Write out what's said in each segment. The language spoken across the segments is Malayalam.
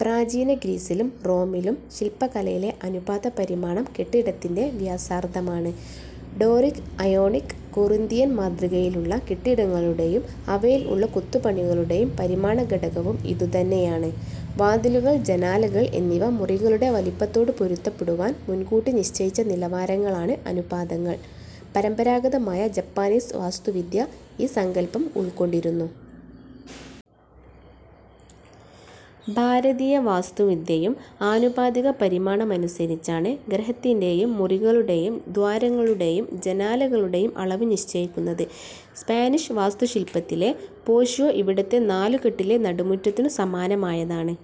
പ്രാചീന ഗ്രീസിലും റോമിലും ശില്പകലയിലെ അനുപാത പരിമാണം കെട്ടിടത്തിന്റെ വ്യാസാർധമാണ്. ഡോറിക്, അയോണിക്, കൊറിന്തിയൻ മാതൃകകളിലുള്ള കെട്ടിടങ്ങളുടേയും അവയിൽ ഉള്ള കൊത്തുപണികളുടേയും പരിമാണ ഘടകവും ഇതുതന്നെയാണ്. വാതിലുകൾ, ജനാലകൾ എന്നിവ മുറികളുടെ വലിപ്പത്തോടു പൊരുത്തപ്പെടുവാൻ മുൻകൂട്ടി നിശ്ചയിച്ച നിലവാരങ്ങളാണ് അനുപാതങ്ങൾ. പരമ്പരാഗതമായ ജാപ്പനീസ് വാസ്തുവിദ്യ ഈ സങ്കല്പം ഉൾക്കൊണ്ടിരുന്നു. ഭാരതീയ വാസ്തുവിദ്യയും ആനുപാതിക പരിമാണമനുസരിച്ചാണ് ഗൃഹത്തിന്റേയും മുറികളുടേയും ദ്വാരങ്ങളുടേയും ജനാലകളുടേയും അളവ് നിശ്ചയിക്കുന്നത്. സ്പാനിഷ് വാസ്തുശില്പത്തിലെ പോഷ്വോ ഇവിടത്തെ നാലുകെട്ടിലെ നടുമുറ്റത്തിനു സമാനമായതാണ്.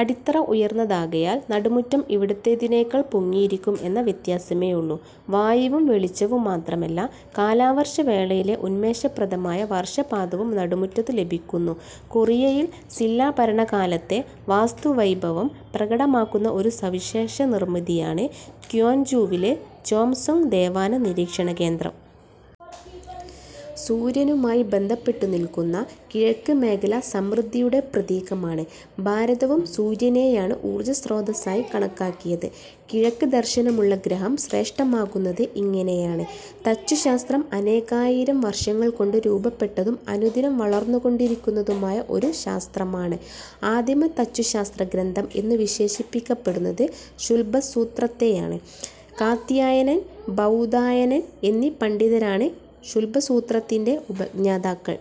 അടിത്തറ ഉയർന്നതാകയാൽ നടുമുറ്റം ഇവിടത്തേതിനേക്കാൾ പൊങ്ങിയിരിക്കും എന്ന വ്യത്യാസമേയുള്ളു. വായുവും വെളിച്ചവും മാത്രമല്ല, കാലവർഷവേളയിലെ ഉന്മേഷപ്രദമായ വർഷപാതവും നടുമുറ്റത്ത് ലഭിക്കുന്നു. കൊറിയയിൽ സില്ലാ ഭരണകാലത്തെ വാസ്തുവൈഭവം പ്രകടമാക്കുന്ന ഒരു സവിശേഷ നിർമിതിയാണ് ക്യോൻജൂവിലെ ചോം സൊങ് ദേവാന നിരീക്ഷണകേന്ദ്രം. സൂര്യനുമായി ബന്ധപ്പെട്ടു നില്ക്കുന്ന കിഴക്ക് മേഖല സമൃദ്ധിയുടെ പ്രതീകമാണ്. ഭാരതവും സൂര്യനെയാണ് ഊർജ സ്രോതസ്സായി കണക്കാക്കിയത്. കിഴക്ക് ദർശനമുള്ള ഗൃഹം ശ്രേഷ്ഠമാകുന്നത് ഇങ്ങനെയാണ്. തച്ചുശാസ്ത്രം അനേകായിരം വർഷങ്ങൾകൊണ്ട് രൂപപ്പെട്ടതും അനുദിനം വളർന്നുകൊണ്ടിരിക്കുന്നതുമായ ഒരു ശാസ്ത്രമാണ്. ആദിമ തച്ചുശാസ്ത്രഗ്രന്ഥം എന്നു വിശേഷിപ്പിക്കപ്പെടുന്നത് ശുല്ബസൂത്രത്തെയാണ്. കാത്യായനൻ, ബൌധായനൻ എന്നീ പണ്ഡിതരാണ് ശുല്ബസൂത്രത്തിന്റെ ഉപജ്ഞാതാക്കൾ.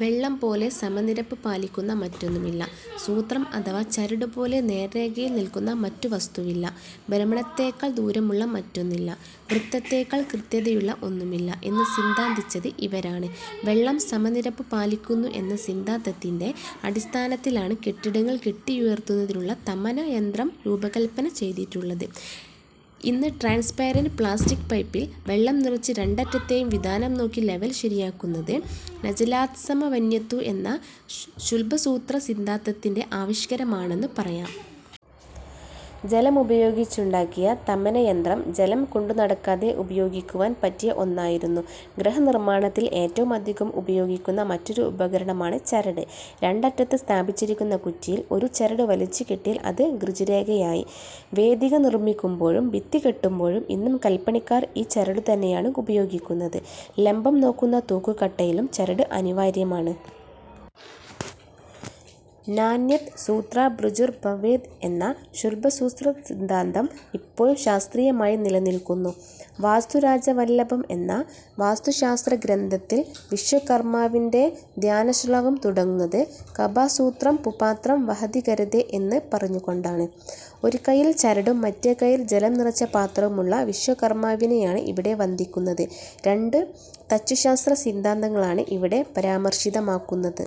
വെള്ളംപോലെ സമനിരപ്പ് പാലിക്കുന്ന മറ്റൊന്നുമില്ല; സൂത്രം അഥവാ ചരടുപോലെ നേർരേഖയിൽ നില്ക്കുന്ന മറ്റു വസ്തുവില്ല; ഭ്രമണത്തേക്കാൾ ദൂരമുള്ള മറ്റൊന്നില്ല; വൃത്തത്തേക്കാൾ കൃത്യതയുള്ള ഒന്നുമില്ല എന്ന് സിദ്ധാന്തിച്ചത് ഇവരാണ്. വെള്ളം സമനിരപ്പു പാലിക്കുന്നു എന്ന സിദ്ധാന്തത്തിന്റെ അടിസ്ഥാനത്തിലാണ് കെട്ടിടങ്ങൾ കെട്ടിയുയർത്തുന്നതിനുള്ള തമന യന്ത്രം രൂപകല്പന ചെയ്തിട്ടുള്ളത്. ഇന്ന് ട്രാൻസ്പരന്റ് പ്ലാസ്റ്റിക് പൈപ്പിൽ വെള്ളം നിറച്ച് രണ്ടറ്റത്തേയും വിതാനം നോക്കി ലവൽ ശരിയാക്കുന്നത് 'നജലാത് സമവന്യത്തു' എന്ന ശുല്ബസൂത്ര സിദ്ധാന്തത്തിന്റെ ആവിഷ്കാരമാണെന്നു പറയാം. ജലമുപയോഗിച്ചുണ്ടാക്കിയ തമനയന്ത്രം, ജലം കൊണ്ടുനടക്കാതെ ഉപയോഗിക്കുവാൻ പറ്റിയ ഒന്നായിരുന്നു. ഗൃഹനിർമ്മാണത്തിൽ ഏറ്റവും അധികം ഉപയോഗിക്കുന്ന മറ്റൊരു ഉപകരണമാണ് ചരട്. രണ്ടറ്റത്ത് സ്ഥാപിച്ചിരിക്കുന്ന കുറ്റിയിൽ ഒരു ചരട് വലിച്ചു കെട്ടിയാൽ അത് ഋജുരേഖയായി. വേദിക നിർമ്മിക്കുമ്പോഴും ഭിത്തി കെട്ടുമ്പോഴും ഇന്നും കൽപ്പണിക്കാർ ഈ ചരടുതന്നെയാണ് ഉപയോഗിക്കുന്നത്. ലംബം നോക്കുന്ന തൂക്കുകട്ടയിലും ചരട് അനിവാര്യമാണ്. 'നാന്യത് സൂത്രാഭൃജുർ ഭവേത്' എന്ന ശുല്ബസൂത്ര സിദ്ധാന്തം ഇപ്പോഴും ശാസ്ത്രീയമായി നിലനില്ക്കുന്നു. വാസ്തുരാജവല്ലഭം എന്ന വാസ്തുശാസ്ത്രഗ്രന്ഥത്തിൽ വിശ്വകർമാവിന്റെ ധ്യാനശ്ളോകം തുടങ്ങുന്നത് 'കബാസൂത്രംപുപാത്രം വഹതികരതേ' എന്നു പറഞ്ഞുകൊണ്ടാണ്. ഒരു കയ്യിൽ ചരടും മറ്റേ കയ്യിൽ ജലം നിറച്ച പാത്രവുമുള്ള വിശ്വകർമാവിനെയാണ് ഇവിടെ വന്ദിക്കുന്നത്. രണ്ട് തച്ചുശാസ്ത്ര സിദ്ധാന്തങ്ങളാണ് ഇവിടെ പരാമർശിതമാകുന്നത്.